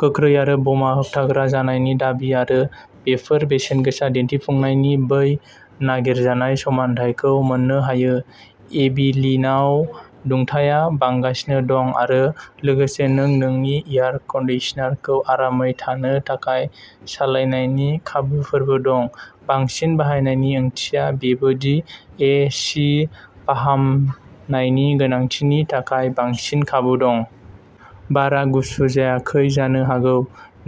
गोख्रै आरो बमा होबथाग्रा जानायनि दाबि आरो बेफोर बेसेनगोसा दिन्थिफुंनायनि बै नागिरजानाय समानथायखौ मोन्नो हायो। एबिलिनाव दुंथाइया बांगासिनो दं आरो लोगोसे नों नोंनि एयार कंडिशनारखौ आरामै थानो थाखाय सालायनायनि खाबुफोरबो दं। बांसिन बाहायनायनि ओंथिया बेबो दि ए सि फाहामनायनि गोनांथिनि थाखाय बांसिन खाबु दं। बारआ गुसु जायाखै जानो हागौ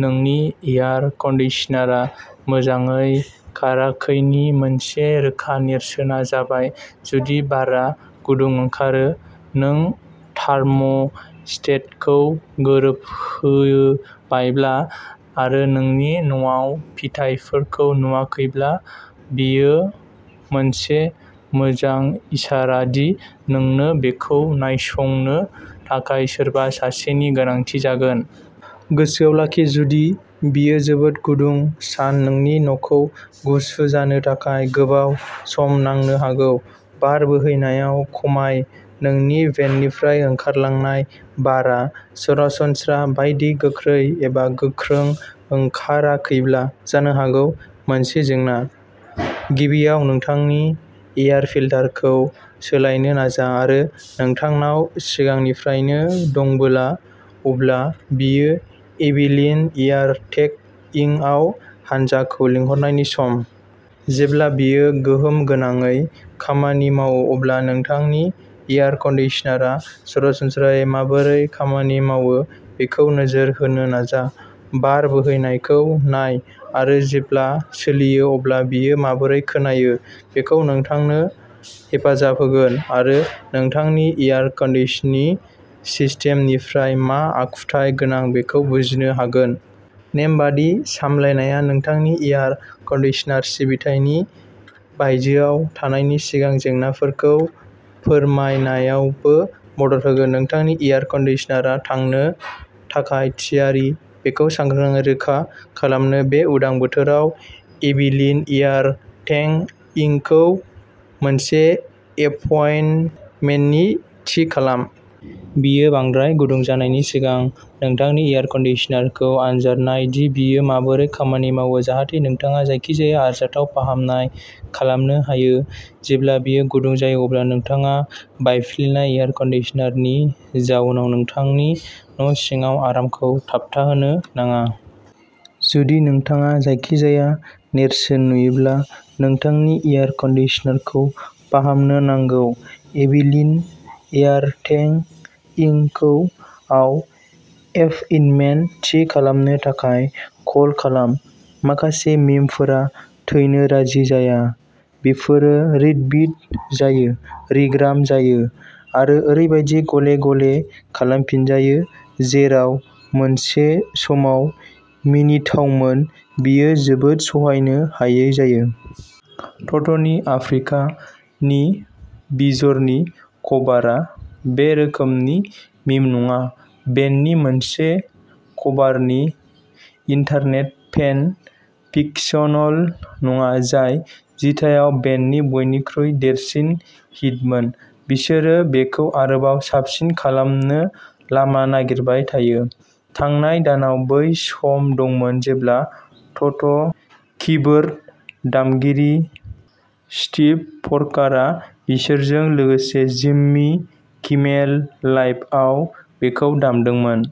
नोंनि एयार कन्डिशनारआ मोजाङै खाराखैनि मोनसे रोखा नेरसोनआ जाबाय जुदि बारआ गुदुं ओंखारो। नों थार्म'स्टेटखौ गोरोबहोबायब्ला आरो नोंनि न'आव फिथायफोरखौ नुवाखैब्ला बेयो मोनसे मोजां इसारा दि नोंनो बेखौ नायसंनो थाखाय सोरबा सासेनि गोनांथि जागोन। गोसोआव लाखि जुदि बेयो जोबोद गुदुं सान नोंनि न'खौ गुसु जानो थाखाय गोबाव सम नांनो हागौ। बार बोहैनायाव खमाय। नोंनि भेन्टनिफ्राय ओंखारलांनाय बारआ सरासनस्रा बायदि गोख्रै एबा गोख्रों ओंखाराखैब्ला जानो हागौ मोनसे जेंना। गिबियाव नोंथांनि एयार फिल्टारखौ सोलायनो नाजा आरो नोंथांनाव सिगांनिफ्रायनो दंबोला अब्ला बेयो एबिलीन एयार टेक इंकआव हान्जाखौ लिंहरनायनि सम। जेब्ला बेयो गोहोम गोनाङै खामानि मावो अब्ला नोंथांनि एयार कंडिशनारआ सरासनस्रायै माबोरै खामानि मावो बेखौ नोजोर होनो नाजा। बार बोहैनायखौ नाय आरो जेब्ला सोलियो अब्ला बेयो माबोरै खोनायो। बेखौ नोंथांनो हेफाजाब होगोन आरो नोंथांनि एयार कन्डिशनि सिस्टेमनिफ्राय मा आखुथाय गोनां बेखौ बुजिनो हागोन। नेमबादि सामलायनाया नोंथांनि एयार कन्डिशनारआ सिबिथायनि बायजोआव थानायनि सिगां जेंनाफोरखौ फोरमायनायावबो मदद होगोन। नोंथांनि एयार कन्डिशनारआ थांनो थाखाय थियारि बेखौ सांग्रांयै रोखा खालामनो बे उदां बोथोराव एबिलीन एयार टेक इंकजों मोनसे एपइन्टमेन्ट थि खालाम। बेयो बांद्राय गुदुं जानायनि सिगां नोंथांनि एयार कन्डिशनारखौ आनजाद नाय दि बेयो माबोरै खामानि मावो जाहाथे नोंथाङा जायखिजाया आरजाथाव फाहामनाय खालामनो हायो। जेब्ला बेयो गुदुं जायो अब्ला नोंथाङा बायफ्लेनाय एयार कन्डिशनारनि जाउनाव नोंथांनि न' सिङाव आरामखौ थाबथाहोनो नाङा। जुदि नोंथाङा जायखिजाया नेरसोन नुयोब्ला नोंथांनि एयार कन्डिशनारखौ फाहामनो नांगौ एबिलीन एयार टेंक इंकखौ आव एपइन्टमेन्ट थि खालामनो थाखाय कल खालाम। माखासे मीमफोरा थैनो राजि जाया। बेफोरो रिट्वीट जायो रिग्राम जायो आरो ओरैबायदि गले-गले खालामफिनजायो जेराव मोनसे समाव मिनिथावमोन बेयो जोबोद सहायनो हायै जायो। ट'ट'नि "आफ्रिका" नि वीजरनि कभारआ बे रोखोमनि मीम नङा। बेन्डनि मोनसे कभारनि इन्टारनेट फेन फिकशनल' नङा जाय जिथायाव बेन्डनि बयनिख्रुइ देरसिन हिटमोन बिसोरो बेखौ आरोबाव साबसिन खालामनो लामा नागिरबाय थायो। थांनाय दानाव बै सम दंमोन जेब्ला ट'ट'कीबोर्ड दामगिरि स्टीव प'रकार'आ बिसोरजों लोगोसे जिम्मी किमेल लाइभआव बेखौ दामदोंमोन।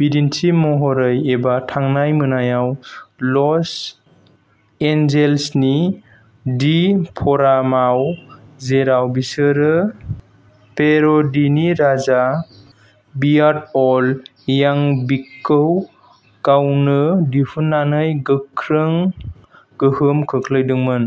बिदिन्थि महरै एबा थांनाय मोनायाव लस एन्जेल्सनि दि फ'रामाव जेराव बिसोरो पेर'डीनि राजा "वियार्ड अल" यांक'भिकखौ गावनो दिहुननानै गोख्रों गोहोम खोख्लैदोंमोन।